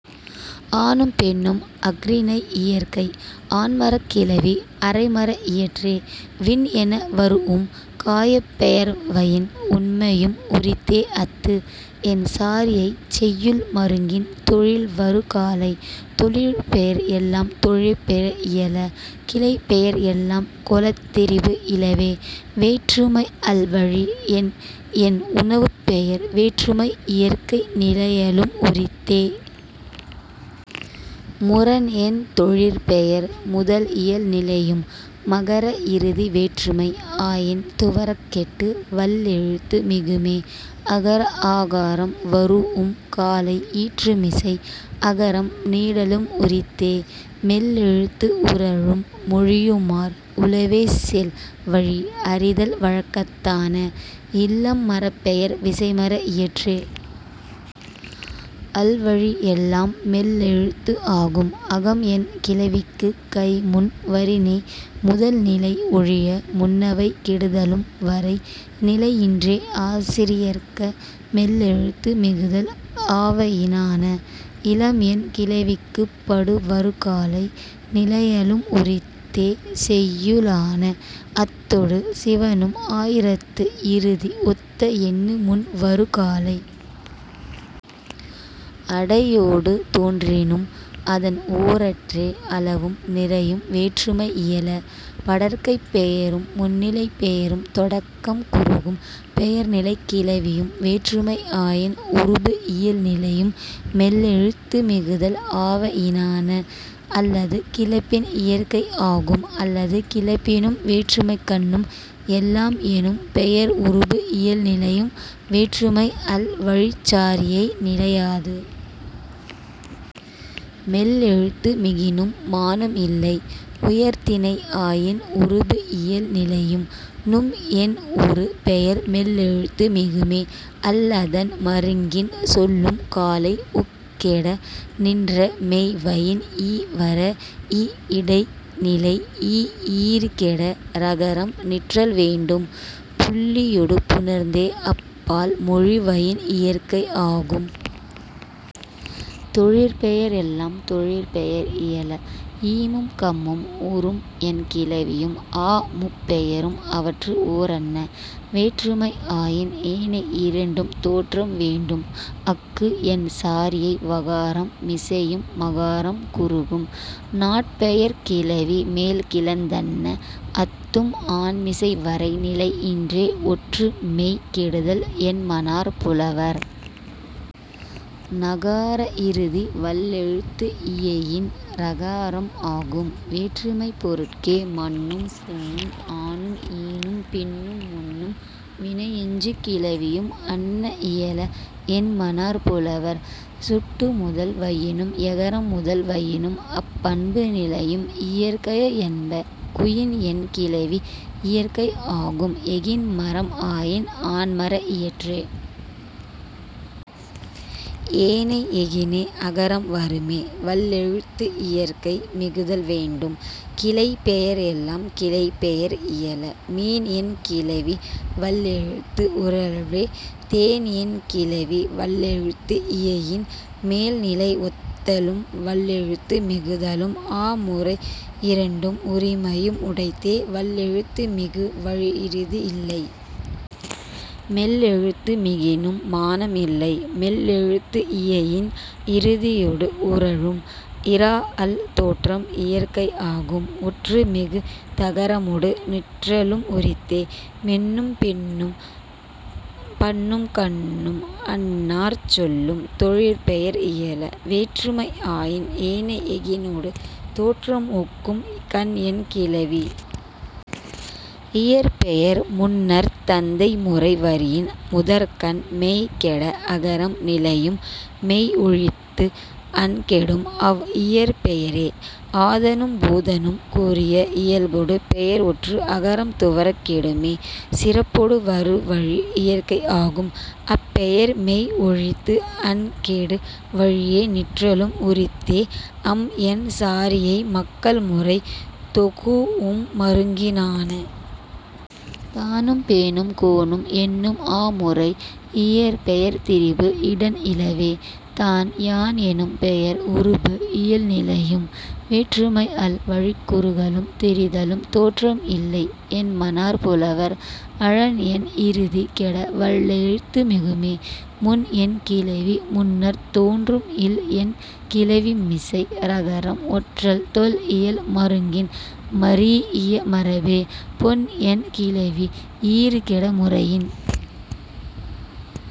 ஆணும் பெண்ணும் அஃறிணை இயற்கை. ஆண்மரக் கிளவி அரைமர இயற்றே. விண் என வரூஉம் காயப் பெயர்வயின் உண்மையும் உரித்தே அத்து என் சாரியை செய்யுள் மருங்கின் தொழில் வரு காலை. தொழிற்பெயர் எல்லாம் தொழிற்பெயர் இயல. கிளைப்பெயர் எல்லாம் கொளத் திரிபு இலவே. வேற்றுமை அல்வழி எண் என் உணவுப் பெயர் வேற்றுமை இயற்கை நிலையலும் உரித்தே. முரண் என் தொழிற்பெயர் முதல் இயல் நிலையும். மகர இறுதி வேற்றுமை ஆயின் துவரக் கெட்டு வல்லெழுத்து மிகுமே. அகர ஆகாரம் வரூஉம் காலை ஈற்றுமிசை அகரம் நீடலும் உரித்தே. மெல்லெழுத்து உறழும் மொழியுமார் உளவே செல் வழி அறிதல் வழக்கத்தான. இல்லம் மரப்பெயர் விசைமர இயற்றே. அல்வழி எல்லாம் மெல்லெழுத்து ஆகும். அகம் என் கிளவிக்குக் கை முன் வரினே முதல்நிலை ஒழிய முன்னவை கெடுதலும் வரை நிலை இன்றே ஆசிரியர்க்க மெல்லெழுத்து மிகுதல் ஆவயினான. இலம் என் கிளவிக்குப் படு வரு காலை நிலையலும் உரித்தே செய்யுளான. அத்தொடு சிவணும் ஆயிரத்து இறுதி ஒத்த எண்ணு முன் வரு காலை. அடையொடு தோன்றினும் அதன் ஓரற்றே அளவும் நிறையும் வேற்றுமை இயல. படர்க்கைப் பெயரும் முன்னிலைப் பெயரும் தொடக்கம் குறுகும் பெயர்நிலைக் கிளவியும் வேற்றுமை ஆயின் உருபு இயல் நிலையும் மெல்லெழுத்து மிகுதல் ஆவயினான. அல்லது கிளப்பின் இயற்கை ஆகும். அல்லது கிளப்பினும் வேற்றுமைக்கண்ணும் எல்லாம் எனும் பெயர் உருபு இயல் நிலையும் வேற்றுமை அல் வழிச் சாரியை நிலையாது. மெல்லெழுத்து மிகினும் மானம் இல்லை. உயர்திணை ஆயின் உருபு இயல் நிலையும். நும் என் ஒரு பெயர் மெல்லெழுத்து மிகுமே. அல்லதன் மருங்கின் சொல்லும் காலை உக் கெட நின்ற மெய்வயின் ஈ வர இ இடை நிலைஇ ஈறு கெட ரகரம் நிற்றல் வேண்டும் புள்ளியொடு புணர்ந்தே அப் பால் மொழிவயின் இயற்கை ஆகும். தொழிற்பெயர் எல்லாம் தொழிற்பெயர் இயல. ஈமும் கம்மும் உரும் என் கிளவியும் ஆ முப் பெயரும் அவற்று ஓரன்ன. வேற்றுமை ஆயின் ஏனை இரண்டும் தோற்றம் வேண்டும் அக்கு என் சாரியை வகாரம் மிசையும் மகாரம் குறுகும். நாட்பெயர்க் கிளவி மேல் கிளந்தன்ன அத்தும் ஆன்மிசை வரை நிலை இன்றே ஒற்று மெய் கெடுதல் என்மனார் புலவர். னகார இறுதி வல்லெழுத்து இயையின் றகாரம் ஆகும் வேற்றுமைப் பொருட்கே. மன்னும் சின்னும் ஆனும் ஈனும் பின்னும் முன்னும் வினையெஞ்சு கிளவியும் அன்ன இயல என்மனார் புலவர். சுட்டு முதல் வயினும் எகரம் முதல் வயினும் அப் பண்பு நிலையும் இயற்கைய என்ப. குயின் என் கிளவி இயற்கை ஆகும் எகின் மரம் ஆயின் ஆண்மர இயற்றே. ஏனை எகினே அகரம் வருமே வல்லெழுத்து இயற்கை மிகுதல் வேண்டும். கிளைப்பெயர் எல்லாம் கிளைப்பெயர் இயல. மீன் என் கிளவி வல்லெழுத்து உறழ்வே தேன் என் கிளவி வல்லெழுத்து இயையின் மேல் நிலை ஒத்தலும் வல்லெழுத்து மிகுதலும் ஆ முறை இரண்டும் உரிமையும் உடைத்தே வல்லெழுத்து மிகு வழி இறுதி இல்லை. மெல்லெழுத்து மிகினும் மானம் இல்லை. மெல்லெழுத்து இயையின் இறுதியொடு உறழும். இறாஅல் தோற்றம் இயற்கை ஆகும். ஒற்று மிகு தகரமொடு நிற்றலும் உரித்தே. மின்னும் பின்னும் பன்னும் கன்னும் அந் நாற் சொல்லும் தொழிற்பெயர் இயல. வேற்றுமை ஆயின் ஏனை எகினொடு தோற்றம் ஒக்கும் கன் என் கிளவி. இயற்பெயர் முன்னர்த் தந்தை முறை வரின் முதற்கண் மெய் கெட அகரம் நிலையும் மெய் ஒழித்து அன் கெடும் அவ் இயற்பெயரே. ஆதனும் பூதனும் கூறிய இயல்பொடு பெயர் ஒற்று அகரம் துவரக் கெடுமே. சிறப்பொடு வரு வழி இயற்கை ஆகும். அப் பெயர் மெய் ஒழித்து அன் கெடு வழியே நிற்றலும் உரித்தே அம் என் சாரியை மக்கள் முறை தொகூஉம் மருங்கினான. தானும் பேனும் கோனும் என்னும் ஆ முறை இயற்பெயர் திரிபு இடன் இலவே. தான் யான் எனும் பெயர் உருபு இயல் நிலையும். வேற்றுமை அல் வழிக் குறுகலும் திரிதலும் தோற்றம் இல்லை என்மனார் புலவர். அழன் என் இறுதி கெட வல்லெழுத்து மிகுமே. முன் என் கிளவி முன்னர்த் தோன்றும் இல் என் கிளவிமிசை றகரம் ஒற்றல் தொல் இயல் மருங்கின் மரீஇய மரபே. பொன் என் கிளவி ஈறு கெட முறையின்